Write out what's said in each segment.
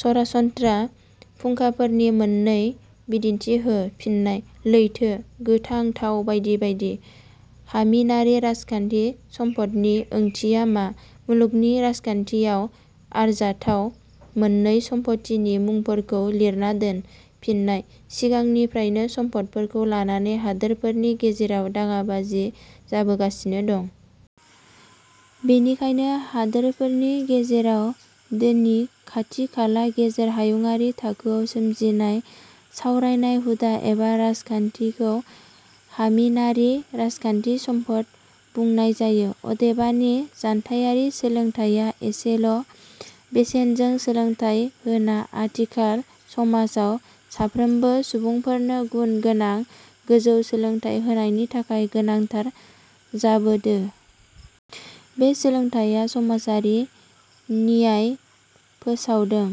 सरासनस्त्रा फुंखाफोरनि मोननै बिदिन्थि हो। फिन्नाय: लैथो, गोथां थाव बायदि बायदि। हामिनारि राजखान्थि सम्पदनि ओंथिया मा? मुलुगनि राजखान्थियाव आरजाथाव मोननै सम्फथिनि मुंफोरखौ लिरना दोन। फिन्नाय: सिगांनिफ्रायनो सम्फदफोरखौ लानानै हादोरफोरनि गेजेराव दाङाबाजि जाबोगासिनो दं। बेनिखायनो, हादोरफोरनि गेजेराव धोननि खाथि खाला गेजेर हायुंआरि थाखोआव सोमजिनाय सावरायनाय, हुदा एबा राजखान्थिखौ हामिनारि राजखान्थि सम्पद बुंनाय जायो। अदेबानि, जानथाइयारि सोलोंथाइया एसेल' बेसेनजों सोलोंथाइ होना आथिखाल समाजाव साफ्रोमबो सुबुंफोरनो गुन गोनां गोजौ सोलोंथाइ होनायनि थाखाय गोनांथार जाबोदो। बे सोलोंथाइया समाजारि न्याय फोसावदों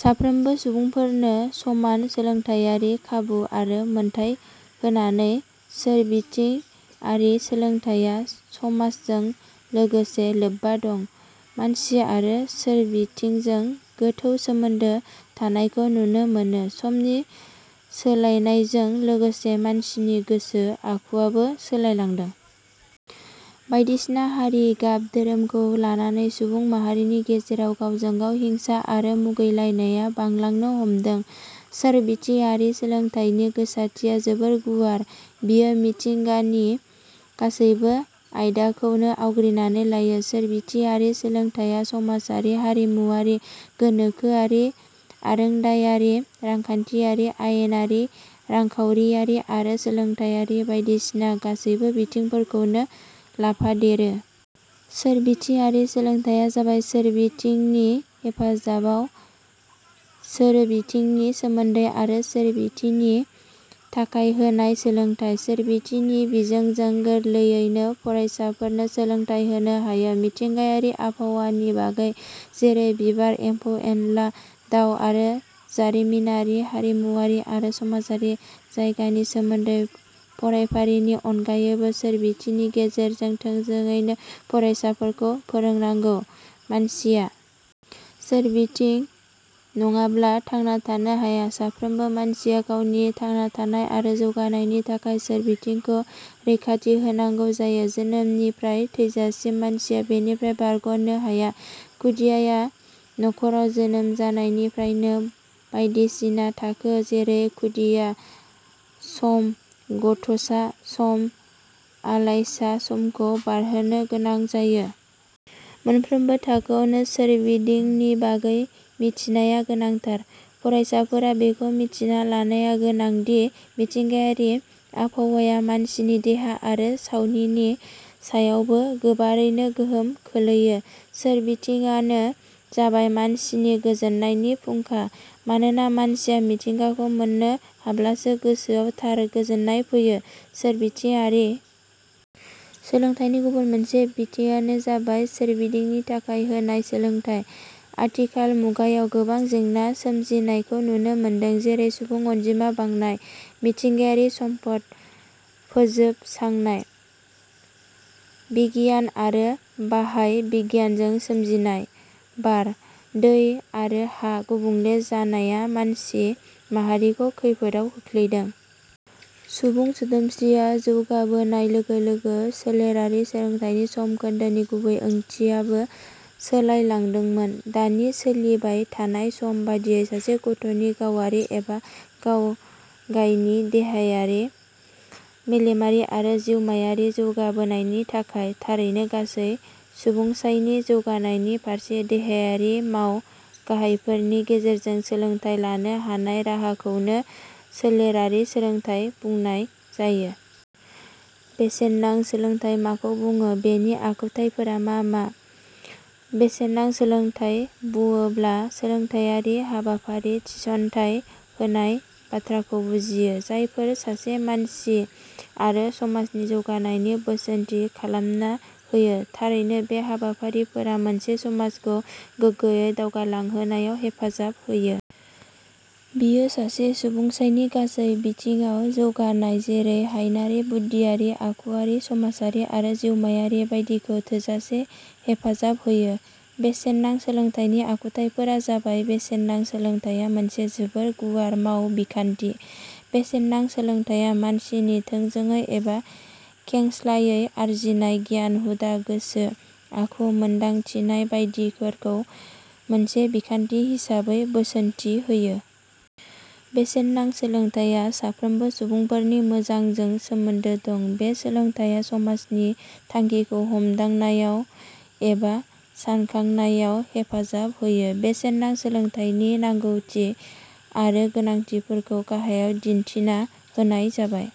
साफ्रोमबो सुबुंफोरनो समान सोलोंथाइयारि खाबु आरो मोनथाइ होनानै। सोरबिथिङारि सोलोंथाइया समाजजों लोगोसे लोब्बा दं। मानसि आरो सोरबिथिंजों गोथौ सोमोन्दो थानायखौ नुनो मोनो समनि सोलायनायजों लोगोसे मानसिनि गोसो आखुवाबो सोलायलांदों। बायदिसिना हारि, गाब, दोहोरोमखौ लानानै सुबुं माहारिनि गेजेराव गावजों गाव हिंसा आरो मुगैलायनाया बांलांनो हमदों।: सोरबिथिङारि सोलोंथाइनि गोसारथिया जोबोर गुवार बेयो मिथिंगानि गासैबो आइदाखौनो आवग्रिनानै लायो। सोरबिथिङारि सोलोंथाइयाव समाजारि, हारिमुवारि, गोनोखोआरि, ओरोंदायारि, रांखान्थियारि, आयेनारि, रांखाउरियारि आरो सोलोंथाइयारि बाइदिसिना गासैबो बिथिंफोरखौनो लाफादेरो। सोरबिथिङारि सोलोंथाइया जाबाय सोरबिथिंनि हेफाजाबाव, सोरोबिथिंनि सोमोन्दै आरो सोरबिथिंनि थाखाय होनाय सोलोंथाइ।. सोरबिथिंनि बिजोंजों गोरलैयैनो फरायसाफोरनो सोलोंथाइ होनो हायो। मिथिंगायारि आबहावानि बागै जेरै- बिबार, एम्फौ एनला, दाउ आरो जारिमिनारि, हारिमुवारि आरो समाजारि जायगानि सोमोन्दै फरायफारिनि अनगायैबो सोरबिथिंनि गेजेरजों थोंजोडैनो फरायसाफोरखौ फोरोंनांगौ।.मानसिया सोरबिथिं नङाब्ला थांना थानो हाया। साफ्रोमबो मानसिया गावनि थांना थानाय आरो जौगानायनि थाखाय सोरबिथिंखौ रैखाथि होनांगों जायो। जोनोमनिफ्राय थैजासिम मानसिया बेनिफ्राय बारग 'नो हाया। खुदियाआ नख'राव जोनोम लानायनिफ्रायनो बायदिसिना थाखो जेरै खुदिया सम, गथ'सा सम, आलायसा समखौ बारहोनो गोनां जायो। मोनफ्रोमबो थाखोआवनो सोरबिधिंनि बागै मिथिनाया. गोनांथार। फ़रायसाफोरा बेखौ मिथिना लानाया गोनांदि मिथिंगायारि आबहावाया मानसिनि देहा आरो सावनिनि सायावबो गोबारैनो गोहोम खोलैयो। सोरबिथिङानो जाबाय मानसिनि गोजोननायनि फुंखा। मानोना मानसिया मिथिंगाखौ मोननो हाब्लासो गोसोआव थार गोजोननाय फैयो।.सोरबिथिङारि सोलोंथाइनि गुबुन मोनसे बिथिङानो जाबाय सोरबिधिंनि थाखाय होनाय सोलोंथाइ। आथिखाल मुगायाव गोबां जेंना सोमजिनायखौ नुनो मोनदों, जेरै- सुबुं अनजिमा बांनाय, मिथिंगायारि सम्पद फोजोब सांनाय, बिगियान आरो बाहाय बिगियानजों सोमजिनाय बार, दै आरो हा गुबुंले जानाया मानसि माहारिखौ खैफोदाव खोख्लैदों। सुबुं सोदोमस्रिया जौगाबोनाय लोगो लोगो सोलेरारि सोलोंथाइनि सम खोन्दोनि गुबै ओंथियाबो सोलायलादोंमोन। दानि सोलिबाय थानाय सम बादियै सासे गथनि गावआरि एबा गावगायनि देहायारि, मेलेमारि आरो जिउमायारि जौगाबोनायनि थाखाय थारैनो गासै सुबुंसाइनि जौगानायनि फारसे देहायारि माव गाहायफोरनि गेजेरजों सोलोंथाइ लानो हानाय राहाखौनो सोलेरारि सोलोंथाइ बुंनाय जायो। बेसेननां सोलोंथाइ माखौ बुङो? बेनि आखुथाइफोरा मा मा?: बेसेननां सोलोंथाइ बुङोब्ला सोलोंथाइयारि हाबाफारि थिसनथाइ होनाय बाथ्राखौ बुजियो जायफोरा सासे मानसि आरो समाजनि जौगानायनि बोसोनथि खालामना होयो। थारैनो बे हाबाफारिफोरा मोनसे समाजखौ गोग्गोयै दावगालांहोनायाव हेफाजाब होयो। बेयो सासे सुबुंसाइनि गासै बिथिङाव जौगानाय जेरै- हायनारि, बुद्धियारि, आखुवारि, समाजारि आरो जिउमायारि बायदिखौ थोजासे हेफाजाब होयो। बेसेननां सोलोंथाइनि आखुथाइफोरा जाबाय: बेसेननां सोलोंथाइया मोनसे जोबोर गुवार माव बिखान्थि। बेसेननां सोलोंथाइया मानसिनि थोंजोंयै एबा खेंस्लायै आरजिनाय गियान, हुदा, गोसो आखु, मोन्दांथिनाय बायदि फोरखौ मोनसे बिखान्थि हिसाबै बोसोनथि होयो। बेसेननां सोलोंथाइया साफ्रोमबो सुबुंफोरनि 'मोजां' जों सोमोन्दो दं। बे सोलोंथाइया समाजनि थांखिखौ हमदांनायाव एबा सानखांनायाव हेफाजाब होयो।: बेसेननां सोलोंथाइनि नांगौथि आरो गोनांथिफोरखौ गाहायाव दिन्थिना होनाय जाबाय:।